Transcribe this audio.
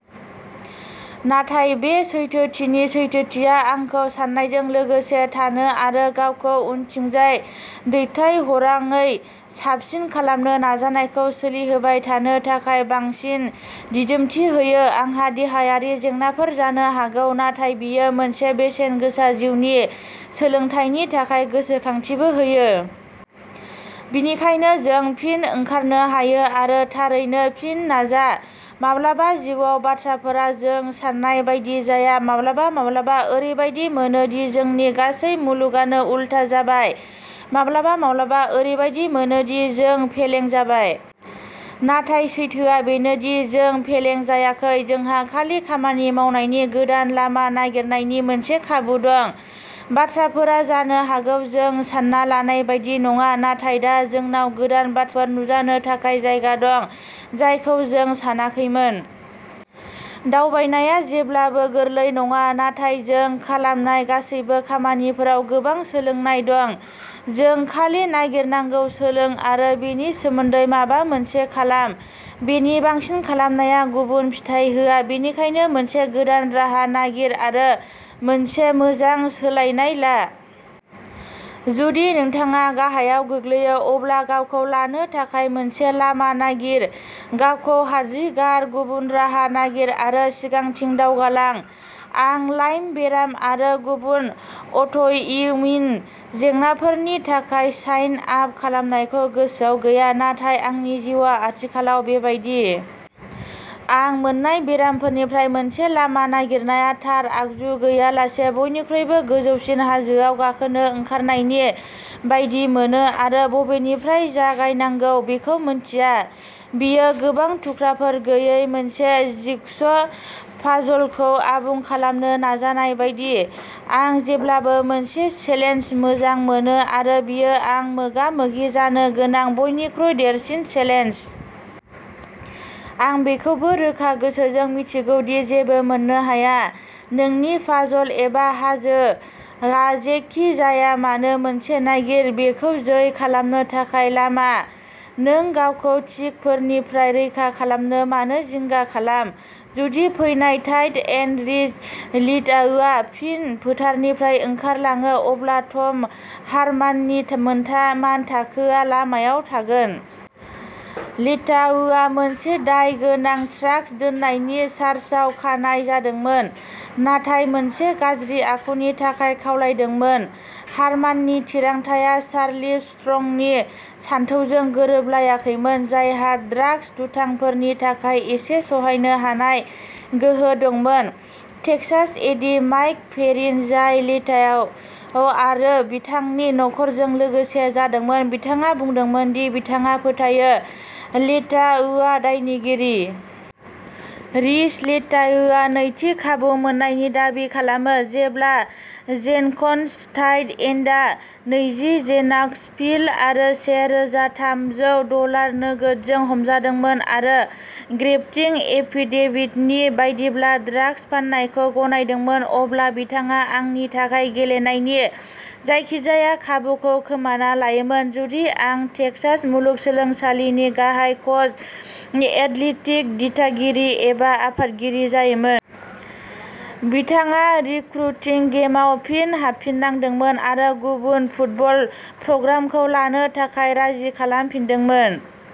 नाथाय बे सैथोथिनि सैथोथिया आंखौ सानायजों लोगोसे थानो आरो गावखौ उनथिंजाय दैथायहराङै साबसिन खालामनो नाजानायखौ सोलिहोबाय थानो थाखाय बांसिन दिदोमथि होयो। आंहा देहायारि जेंनाफोर जानो हागौ, नाथाय बेयो मोनसे बेसेनगोसा जिउनि सोलोंथायनि थाखाय गोसोखांथिबो होयो। बेनिखायनो जों फिन ओंखारनो हायो आरो थारैनो फिन नाजा। माब्लाबा जिउआव बाथ्राफोरा जों सान्नाय बायदि जाया। माब्लाबा माब्लाबा ओरैबादि मोनो दि जोंनि गासै मुलुगानो उलथा जाबाय। माब्लाबा माब्लाबा ओरैबादि मोनो दि जों फेलें जाबाय। नाथाय सैथोआ बेनो दि, जों फेलें जायाखै। जोंहा खालि खामानि मावनायनि गोदान लामा नागिरनायनि मोनसे खाबु दं। बाथ्राफोरा जानो हागौ जों सानना लानाय बायदि नङा नाथाय दा जोंनाव गोदान बाथ्राफोर नुजानो थाखाय जायगा दं जायखौ जों सानाखैमोन। दावबायनाया जेब्लाबो गोरलै नङा नाथाय जों खालामनाय गासैबो खामानिफोराव गोबां सोलोंनाय दं। जों खालि नागिरनांगौ। सोलों आरो बेनि सोमोन्दै माबा मोनसे खालाम। बेनि बांसिन खालामनाया गुबुन फिथाय होआ। बेनिखायनो मोनसे गोदान राहा नागिर आरो मोनसे मोजां सोलायनाय ला। जुदि नोंथाङा गाहायाव गोग्लैयो, अब्ला गावखौ लानो थाखाय मोनसे लामा नागिर, गावखौ हाद्रि गार, गुबुन राहा नागिर आरो सिगांथिं दावगालां। आं लाइम बेराम आरो गुबुन अट'इमिउन जेंनाफोरनि थाखाय साइन आप खालामनायखौ गोसोआव गैया, नाथाय आंनि जिउआ आथिखालाव बेबायदि। आं मोननाय बेरामफोरनिफ्राय मोनसे लामा नागिरनाया थार आगजु गैयालासे बयनिख्रुइबो गोजौसिन हाजोआव गाखोनो ओंखारनायनि बायदि मोनो आरो बबेनिफ्राय जागायनांगौ बेखौ मोन्थिया। बेयो गोबां थुख्राफोर गैयै मोनसे जिगस' पाजलखौ आबुं खालामनो नाजानाय बायदि। आं जेब्लाबो मोनसे चेलेन्ज मोजां मोनो आरो बेयो आं मोगा-मोगि जानो गोनां बयनिख्रुइ देरसिन चेलेन्ज। आं बेखौबो रोखा गोसोजों मिन्थिगौ दि जेबो मोननो हाया। नोंनि पाजल एबा हाजोआ जेखि जाया मानो मोनसे नागिर। बेखौ जै खालामनो थाखाय लामा। नों गावखौ टिकफोरनिफ्राय रैखा खालामनो मानो जिंगा खालाम। जुदि फैनाय टाइट एन्ड रिस लेइताओआ फिन फोथारनिफ्राय ओंखारलाङो, अब्ला टम हारमाननि मोथामा मानथाखोआ लामायाव थागोन। लेइताओखौ मोनसे दायगोनां ड्रागस दोननायनि चार्जाव खानाय जादोंमोन, नाथाय मोनसे गाज्रि आखुनि थाखाय खावलायदोंमोन। हारमाननि थिरांथाआ चार्लि स्ट्रंनि सानथौजों गोरोबलायाखैमोन, जायहा ड्रागस दुथांफोरनि थाखाय एसे सहायनो हानाय गोहो दंमोन। टेक्सास एडि माइक पेरिन, जाय लेइताओ आरो बिथांनि नखरजों लोगो जादोंमोन, बिथाङा बुंदोंमोन दि बिथाङा फोथायो लेइटाओआ दायनिगिरि। रिस लेइताओआ नैथि खाबु मोन्नायनि दाबि खालामो। जेब्ला जेन्कस टाइट एन्डआ नैजि जेनाक्स पिल आरो से रोजा थामजौ डलार नोगोदजों हमजादोंमोन आरो, ग्रेप्तिं एफिडेविटनि बायदिब्ला, ड्रागस फाननायखौ गनायदोंमोन, अब्ला बिथाङा आंनि थाखाय गेलेनायनि जायखिजाया खाबुखौ खोमाना लायोमोन जुदि आं टेक्सास मुलुगसोलोंसालिनि गाहाय कच, एथलेटिक दिथागिरि एबा आफादगिरि जायोमोन। बिथाङा रिक्रुटिं गेमआव फिन हाबफिननांदोंमोन आरो गुबुन फुटबल प्रग्रामखौ लानो थाखाय राजि खालामफिनदोंमोन।